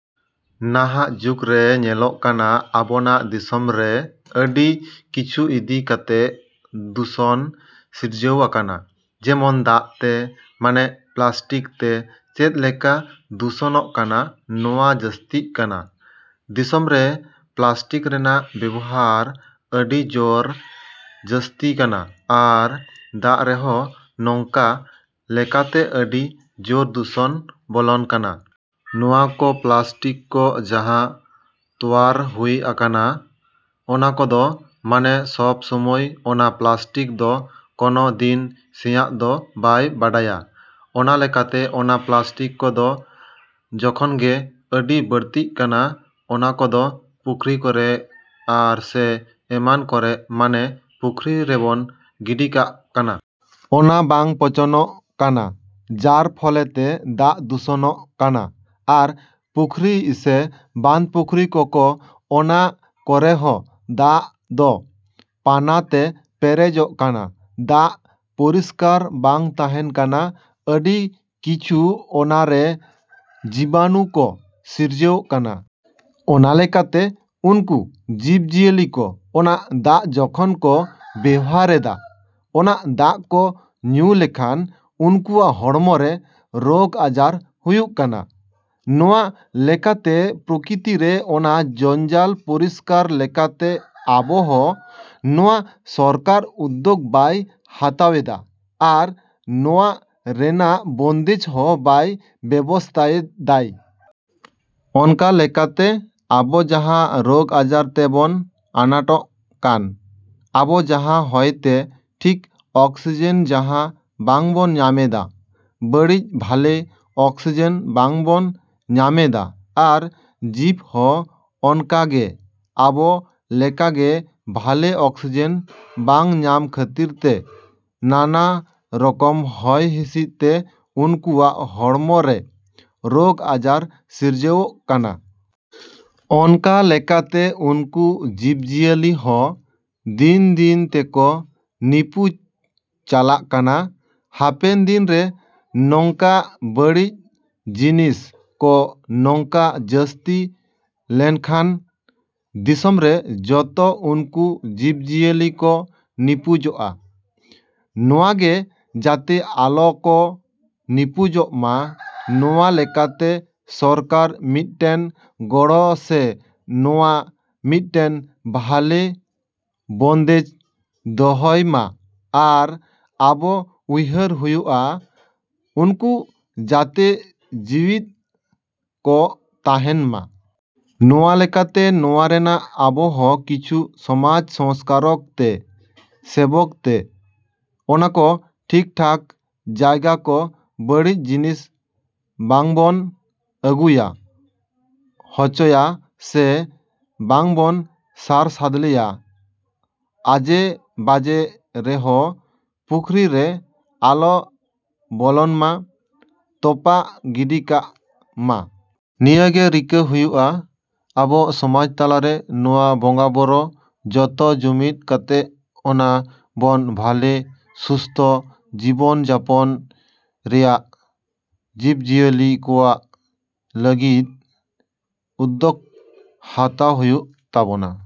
ᱱᱟᱦᱟᱜ ᱡᱩᱜᱽᱨᱮ ᱧᱮᱞᱚᱜᱚᱜ ᱠᱟᱱᱟ ᱟᱵᱚᱱᱟᱜ ᱫᱤᱥᱚᱢᱨᱮ ᱟᱹᱰᱤ ᱠᱤᱪᱷᱩ ᱤᱫᱤ ᱠᱟᱛᱮᱜ ᱫᱩᱥᱚᱱ ᱥᱤᱨᱡᱟᱹᱣ ᱟᱠᱟᱱᱟ᱾ ᱡᱮᱢᱚᱱ ᱫᱟᱜ ᱛᱮ, ᱢᱟᱱᱮ ᱯᱞᱟᱥᱴᱤᱠ ᱛᱮ ᱪᱮᱫ ᱞᱮᱠᱟ ᱫᱩᱥᱚᱱᱚᱜ ᱠᱟᱱᱟ ᱱᱚᱣᱟ ᱡᱟᱹᱥᱛᱤᱜ ᱠᱟᱱᱟ᱾ ᱫᱤᱥᱚᱢᱨᱮ ᱯᱞᱟᱥᱴᱤᱠ ᱨᱮᱱᱟᱜ ᱵᱮᱵᱚᱦᱟᱨ ᱟᱹᱰᱤ ᱡᱚᱨ ᱡᱟᱹᱥᱛᱤᱜ ᱠᱟᱱᱟ ᱟᱨ ᱫᱟᱜ ᱨᱮᱦᱚᱸ ᱱᱚᱝᱠᱟ ᱞᱮᱠᱟᱛᱮ ᱟᱹᱰᱤ ᱡᱚᱨ ᱫᱩᱥᱚᱱ ᱵᱚᱞᱚᱱ ᱠᱟᱱᱟ᱾ ᱱᱚᱣᱟ ᱠᱚ ᱯᱞᱟᱥᱴᱤᱠ ᱠᱚ ᱡᱟᱦᱟᱸ ᱛᱚᱭᱟᱨ ᱦᱩᱭ ᱟᱠᱟᱱᱟ ᱚᱱᱟ ᱠᱚᱫᱚ ᱢᱟᱱᱮ ᱥᱚᱵ ᱥᱚᱢᱚᱭ ᱚᱱᱟ ᱯᱞᱟᱥᱴᱤᱠ ᱫᱚ ᱠᱚᱱᱚ ᱫᱤᱱ ᱥᱮᱭᱟᱜ ᱫᱚ ᱵᱟᱭ ᱵᱟᱰᱟᱭᱟ᱾ ᱚᱱᱟ ᱞᱮᱠᱟᱛᱮ ᱚᱱᱟ ᱯᱞᱟᱥᱴᱤᱠ ᱠᱚᱫᱚ ᱡᱚᱠᱷᱚᱱᱜᱮ ᱟᱹᱰᱤ ᱵᱟᱹᱲᱛᱤᱜ ᱠᱟᱱᱟ ᱚᱱᱟ ᱠᱚᱫᱚ ᱯᱩᱠᱷᱨᱤ ᱠᱚᱨᱮᱜ ᱟᱨ ᱥᱮ ᱮᱢᱟᱱ ᱠᱚᱨᱮᱜ ᱢᱟᱱᱮ ᱯᱩᱠᱷᱨᱤ ᱨᱮᱵᱚᱱ ᱜᱤᱰᱤ ᱠᱟᱜ ᱠᱟᱱᱟ᱾ ᱚᱱᱟ ᱵᱟᱝ ᱯᱚᱪᱚᱱᱚᱜ ᱠᱟᱱᱟ ᱡᱟᱨ ᱯᱷᱚᱞᱮᱛᱮ ᱫᱟᱜ ᱫᱩᱥᱚᱱᱚᱜ ᱠᱟᱱᱟ ᱟᱨ ᱯᱩᱠᱷᱨᱤ ᱥᱮ ᱵᱟᱸᱫᱷ ᱯᱩᱠᱷᱨᱤ ᱠᱚᱠᱚ ᱚᱱᱟ ᱠᱚᱨᱮ ᱦᱚᱸ ᱫᱟᱜ ᱫᱚ ᱯᱟᱱᱟᱛᱮ ᱯᱮᱨᱮᱡᱚᱜ ᱠᱟᱱᱟ᱾ ᱫᱟᱜ ᱯᱚᱨᱤᱥᱠᱟᱨ ᱵᱟᱝ ᱛᱟᱦᱮᱱ ᱠᱟᱱᱟ, ᱟᱹᱰᱤ ᱠᱤᱪᱷᱩ ᱚᱱᱟᱨᱮ ᱡᱤᱵᱟᱱᱩ ᱠᱚ ᱥᱤᱨᱡᱟᱹᱣ ᱠᱟᱱᱟ᱾ ᱚᱱᱟ ᱞᱮᱠᱟᱛᱮ ᱩᱱᱠᱩ ᱡᱤᱵᱽ ᱡᱤᱭᱟᱹᱞᱤ ᱠᱚ ᱚᱱᱟ ᱫᱟᱜ ᱡᱚᱠᱷᱚᱱ ᱠᱚ ᱵᱮᱵᱚᱦᱟᱨᱮᱫᱟ, ᱚᱱᱟ ᱫᱟᱜ ᱠᱚ ᱧᱩ ᱞᱮᱠᱷᱟᱱ ᱩᱱᱠᱩᱣᱟᱜ ᱦᱚᱲᱢᱚᱨᱮ ᱨᱚᱜᱽ ᱟᱡᱟᱨ ᱦᱩᱭᱩᱜ ᱠᱟᱱᱟ᱾ ᱱᱚᱣᱟ ᱞᱮᱠᱟᱛᱮ ᱯᱚᱨᱠᱤᱛᱤᱨᱮ ᱚᱱᱟ ᱡᱚᱧᱡᱟᱞ ᱯᱚᱨᱤᱥᱠᱟᱨ ᱞᱮᱠᱟᱛᱮ ᱟᱵᱚ ᱦᱚᱸ ᱱᱚᱣᱟ ᱥᱚᱨᱠᱟᱨ ᱩᱫᱽᱫᱚᱜᱽ ᱵᱟᱭ ᱦᱟᱛᱟᱣᱮᱫᱟ ᱟᱨ ᱱᱚᱣᱟ ᱨᱮᱱᱟᱜ ᱵᱚᱱᱫᱮᱡᱽ ᱦᱚᱸ ᱵᱟᱭ ᱵᱮᱵᱚᱥᱛᱷᱟᱭᱮᱫᱟᱭ᱾ ᱚᱱᱠᱟ ᱞᱮᱠᱟᱛᱮ ᱟᱵᱚ ᱡᱟᱦᱟᱸ ᱨᱚᱜᱽ ᱟᱡᱟᱨ ᱛᱮᱵᱚᱱ ᱟᱱᱟᱴᱚᱜ ᱠᱟᱱ, ᱟᱵᱚ ᱡᱟᱦᱟᱸ ᱦᱚᱭᱛᱮ ᱴᱷᱤᱠ ᱚᱠᱥᱤᱡᱮᱱ ᱡᱟᱦᱟᱸ ᱵᱟᱵᱚᱱ ᱧᱟᱢᱮᱫᱟ, ᱵᱟᱹᱲᱤᱡ ᱵᱷᱟᱞᱮ ᱚᱠᱥᱤᱡᱮᱱ ᱵᱟᱵᱚᱱ ᱧᱟᱢᱮᱫᱟ ᱟᱨ ᱡᱤᱵᱽ ᱦᱚᱸ ᱚᱱᱠᱟᱜᱮ ᱟᱵᱚ ᱞᱮᱠᱟᱜᱮ ᱵᱷᱟᱞᱮ ᱚᱠᱥᱤᱡᱮᱱ ᱵᱟᱝ ᱧᱟᱢ ᱠᱷᱟᱹᱛᱤᱨ ᱛᱮ ᱱᱟᱱᱟ ᱨᱚᱠᱚᱢ ᱦᱚᱭ ᱦᱤᱸᱥᱤᱫ ᱛᱮ ᱩᱱᱠᱩᱣᱟᱜ ᱦᱚᱲᱢᱚᱨᱮ ᱨᱚᱜᱽ ᱟᱡᱟᱨ ᱥᱤᱨᱡᱟᱹᱜ ᱠᱟᱱᱟ᱾ ᱚᱱᱠᱟ ᱞᱮᱠᱟᱛᱮ ᱩᱱᱠᱩ ᱡᱤᱵᱽ ᱡᱤᱭᱟᱹᱞᱤ ᱦᱚᱸ ᱫᱤᱱ ᱫᱤᱱ ᱛᱮᱠᱚ ᱱᱤᱯᱩᱡ ᱪᱟᱞᱟᱜ ᱠᱟᱱᱟ᱾ ᱦᱟᱯᱮᱱ ᱫᱤᱱ ᱨᱮ ᱱᱚᱝᱠᱟ ᱵᱟᱹᱲᱤᱡ ᱡᱤᱱᱤᱥ ᱠᱚ ᱱᱚᱝᱠᱟ ᱡᱟᱹᱥᱛᱤ ᱞᱮᱱᱠᱷᱟᱱ ᱫᱤᱥᱚᱢᱨᱮ ᱡᱚᱛᱚ ᱩᱱᱠᱩ ᱡᱤᱵᱽ ᱡᱤᱭᱟᱹᱞᱤ ᱠᱚ ᱱᱤᱯᱩᱡᱚᱜᱼᱟ᱾ ᱱᱚᱣᱟᱜᱮ ᱡᱟᱛᱮ ᱟᱞᱚ ᱠᱚ ᱱᱤᱯᱩᱡᱚᱜᱼᱢᱟ ᱱᱚᱣᱟ ᱞᱮᱠᱟᱛᱮ ᱥᱚᱨᱠᱟᱨ ᱢᱤᱫᱴᱮᱱ ᱜᱚᱲᱚ ᱥᱮ ᱱᱚᱣᱟ ᱢᱤᱫᱴᱮᱱ ᱵᱷᱟᱞᱮ ᱵᱚᱱᱫᱮᱡᱽ ᱫᱚᱦᱚᱭ ᱢᱟ ᱟᱨ ᱟᱵᱚ ᱩᱭᱦᱟᱹᱨ ᱦᱩᱭᱩᱜᱼᱟ ᱩᱱᱠᱩ ᱡᱟᱛᱮ ᱡᱤᱣᱤᱛ ᱠᱚ ᱛᱟᱦᱮᱱ ᱢᱟ᱾ ᱱᱚᱣᱟ ᱞᱮᱠᱟᱛᱮ ᱱᱚᱣᱟ ᱨᱮᱱᱟᱜ ᱟᱵᱚ ᱦᱚᱸ ᱠᱤᱪᱷᱩ ᱥᱚᱢᱟᱡᱽ ᱥᱚᱝᱥᱠᱟᱨᱚᱠ ᱛᱮ ᱥᱮᱵᱚᱠ ᱛᱮ ᱚᱱᱟ ᱠᱚ ᱴᱷᱤᱠ ᱴᱷᱟᱠ ᱡᱟᱭᱜᱟ ᱠᱚ ᱵᱟᱹᱲᱤᱡ ᱡᱤᱱᱤᱥ ᱵᱟᱵᱚᱱ ᱟᱹᱜᱩᱭᱟ ᱦᱚᱪᱚᱜᱼᱟ ᱥᱮ ᱵᱟᱵᱚᱱ ᱥᱟᱨ ᱥᱟᱫᱞᱮᱭᱟ ᱟᱡᱮ ᱵᱟᱡᱮ ᱨᱮᱦᱚᱸ ᱯᱩᱠᱷᱨᱤ ᱨᱮ ᱟᱞᱚ ᱵᱚᱞᱚᱱ ᱢᱟ, ᱛᱚᱯᱟ ᱜᱤᱰᱤ ᱠᱟᱜ ᱢᱟ᱾ ᱱᱤᱭᱟᱹᱜᱮ ᱨᱤᱠᱟᱹ ᱦᱩᱭᱩᱜᱼᱟ ᱟᱵᱚ ᱥᱚᱢᱟᱡᱽ ᱛᱟᱞᱟᱨᱮ ᱱᱚᱣᱟ ᱵᱚᱸᱜᱟ ᱵᱚᱨᱚ ᱡᱚᱛᱚ ᱡᱩᱢᱤᱫ ᱠᱟᱛᱮᱜ ᱚᱱᱟ ᱵᱚᱱ ᱵᱷᱟᱞᱮ ᱥᱩᱥᱛᱷᱚ ᱡᱤᱵᱚᱱ ᱡᱟᱯᱚᱱ ᱨᱮᱭᱟᱜ ᱡᱤᱵᱽ ᱡᱤᱭᱟᱹᱞᱤ ᱠᱚᱣᱟᱜ ᱞᱟᱹᱜᱤᱫ ᱩᱫᱽᱫᱚᱜᱽ ᱦᱟᱛᱟᱣ ᱦᱩᱭᱩᱜ ᱛᱟᱵᱚᱱᱟ᱾।